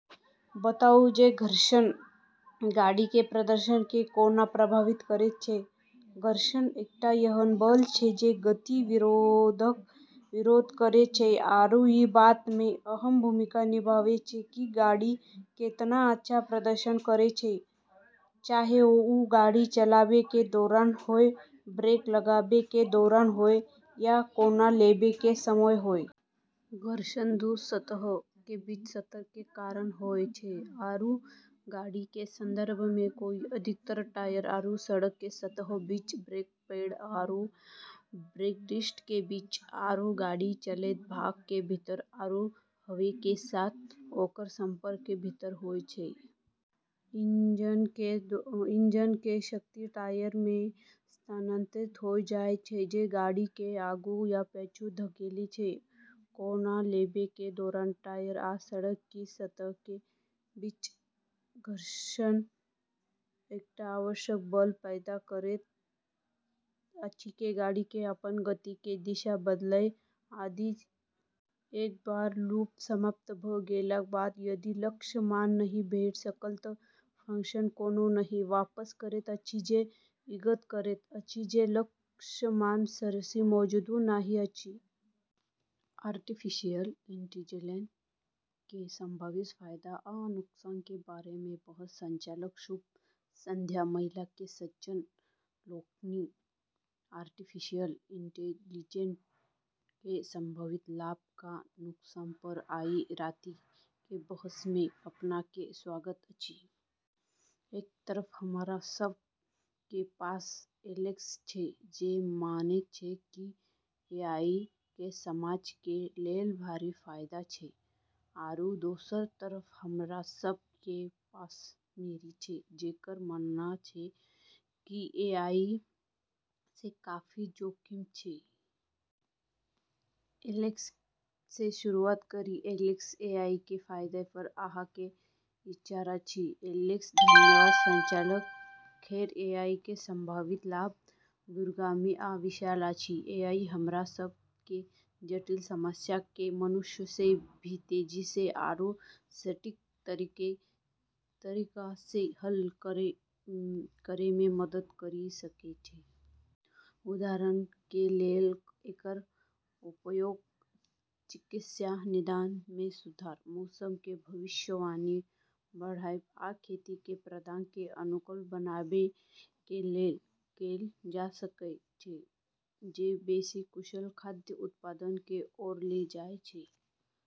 बताउ जे घर्षण गाड़ी के प्रदर्शन कें कोना प्रभावित करैत छै। घर्षण एकटा एहन बल छै जे गति के विरोध करै छै आरू ई बात में अहम भूमिका निभाबै छै कि गाड़ी केतना अच्छा प्रदर्शन करै छै, चाहे वू गाड़ी चलाबै के दौरान होय, ब्रेक लगाबै के दौरान होय या कोना लेबे के समय होय। घर्षण दू सतह के बीच संपर्क के कारण होय छै, आरू गाड़ी के संदर्भ में ई अधिकतर टायर आरू सड़क के सतह के बीच, ब्रेक पैड आरू ब्रेक डिस्क के बीच, आरू गाड़ी के चलैत भाग के भीतर आरू हवा के साथ ओकर संपर्क के भीतर होय छै। इंजन के शक्ति टायर में स्थानांतरित होय जाय छै, जे गाड़ी के आगू या पाछू धकेलै छै। कोना लेबे के दौरान टायर आ सड़क के सतह के बीच घर्षण एकटा आवश्यक बल पैदा करैत अछि जे गाड़ी के अपन गति के दिशा बदलय दैत अछि। एक बेर लूप समाप्त भ गेलाक बाद, यदि लक्ष्य मान नहि भेट सकल त' फंक्शन 'कोनो नहि' वापस करैत अछि जे ई इंगित करैत अछि जे लक्ष्य मान सरणी में मौजूद नहि अछि। आर्टिफिशियल इंटेलिजेंस के संभावित फायदा आ नुकसान के बारे में बहस। संचालक: शुभ संध्या महिला आ सज्जन लोकनि, आर्टिफिशियल इंटेलिजेंस के संभावित लाभ आ नुकसान पर आइ राति के बहस में अपनेक स्वागत अछि। एक तरफ हमरा सब के पास एलेक्स छै जे मानैत छै कि एआई के समाज के लेल भारी फायदा छै, आरू दोसर तरफ हमरा सब के पास मैरी छै, जेकर मानना छै कि एआई से काफी जोखिम छै। एलेक्स से शुरू करी। एलेक्स, एआई के फायदा पर अहां के की विचार अछि? एलेक्स: धन्यवाद, संचालक। खैर, एआई के संभावित लाभ दूरगामी आ विशाल अछि। एआई हमरा सब कें जटिल समस्या कें मनुष्य से भी तेजी से आरू सटीक तरीका से हल करै में मदद करी सकै छै। उदाहरण कें लेल, एकर उपयोग चिकित्सा निदान में सुधार, मौसम कें भविष्यवाणी बढ़ाबै, आ खेती कें प्रथा कें अनुकूल बनाबै कें लेल कैल जा सकय छै, जे बेसी कुशल खाद्य उत्पादन कें ओर ले जाय छै।